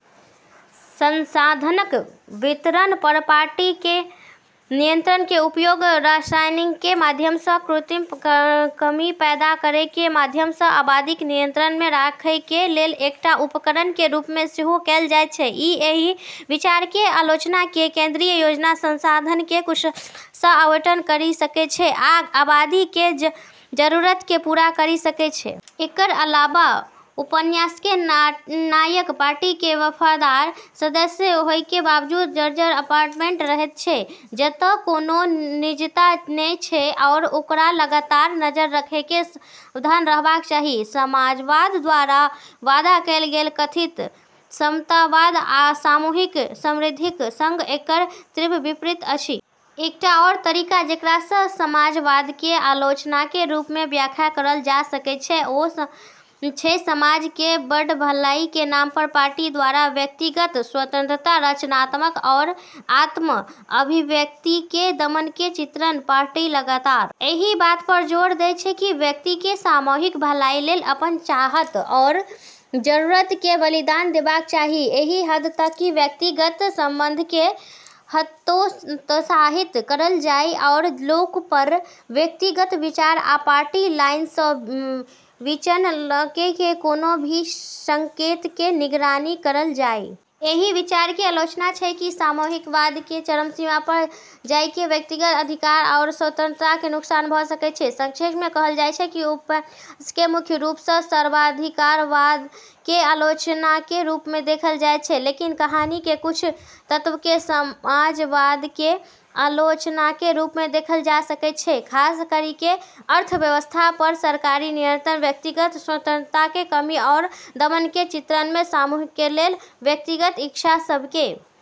संसाधनक वितरण पर पार्टीके नियंत्रणके उपयोग राशनिंगके माध्यमसँ, आ कृत्रिम कमी पैदा करैके माध्यमसँ, आबादीके नियंत्रणमे राखैके लेल एकटा उपकरणके रूपमे सेहो कैल जाइत छै । ई एहि विचारके आलोचना छै कि केंद्रीय योजना संसाधनके कुशलतासँ आवंटन करि सकै छै आ आबादीके जरूरतके पूरा करि सकै छै । एकर अलावा उपन्यासके नायक पार्टी केर वफादार सदस्य होइके बावजूद जर्जर अपार्टमेंटमे रहैत छै, जतऽ कोनो निजता नै छै, आओर ओकरा लगातार नजर रखैके सावधान रहबाक चाही । समाजवाद द्वारा वादा कयल गेल कथित समतावाद आ सामूहिक समृद्धिक सङ्ग एकर तीव्र विपरीत अछि। एकटा आओर तरीका जेकरासँ समाजवादके आलोचनाके रूपमे व्याख्या करल जा सकै छै, ओ छै समाज केर "बड़ भलाई" के नाम पर, पार्टी द्वारा व्यक्तिगत स्वतंत्रता, रचनात्मकता आओर आत्म-अभिव्यक्तिके दमनके चित्रण। पार्टी लगातार एहि बात पर जोर दै छै कि व्यक्तिके सामूहिक भलाई लेल अपन चाहत आओर जरूरत के बलिदान देबाक चाही, एहि हद तक कि व्यक्तिगत संबंधके हतोत्साहित करल जाइ, आओर लोक पर व्यक्तिगत विचार या पार्टी लाइनसँ विचलनके कोनो भी संकेतके निगरानी करल जाइ । ई एहि विचारके आलोचना छै कि सामूहिकतावादके चरम सीमा पर ल' जाइके व्यक्तिगत अधिकार आओर स्वतंत्रताके नुकसान भ' सकै छै। संक्षेपमे कहल जाइ त' उपन्यासके मुख्य रूपसँ सर्वाधिकारवादके आलोचनाके रूपमे देखल जाइत छै, लेकिन कहानीके कुछ तत्वके समाजवादके आलोचनाके रूपमे देखल जा सकै छै, खास करिके अर्थव्यवस्था पर सरकारी नियंत्रण, व्यक्तिगत स्वतंत्रताके कमी, आओर दमनके चित्रणमे सामूहिकके लेल व्यक्तिगत इच्छा सबके ।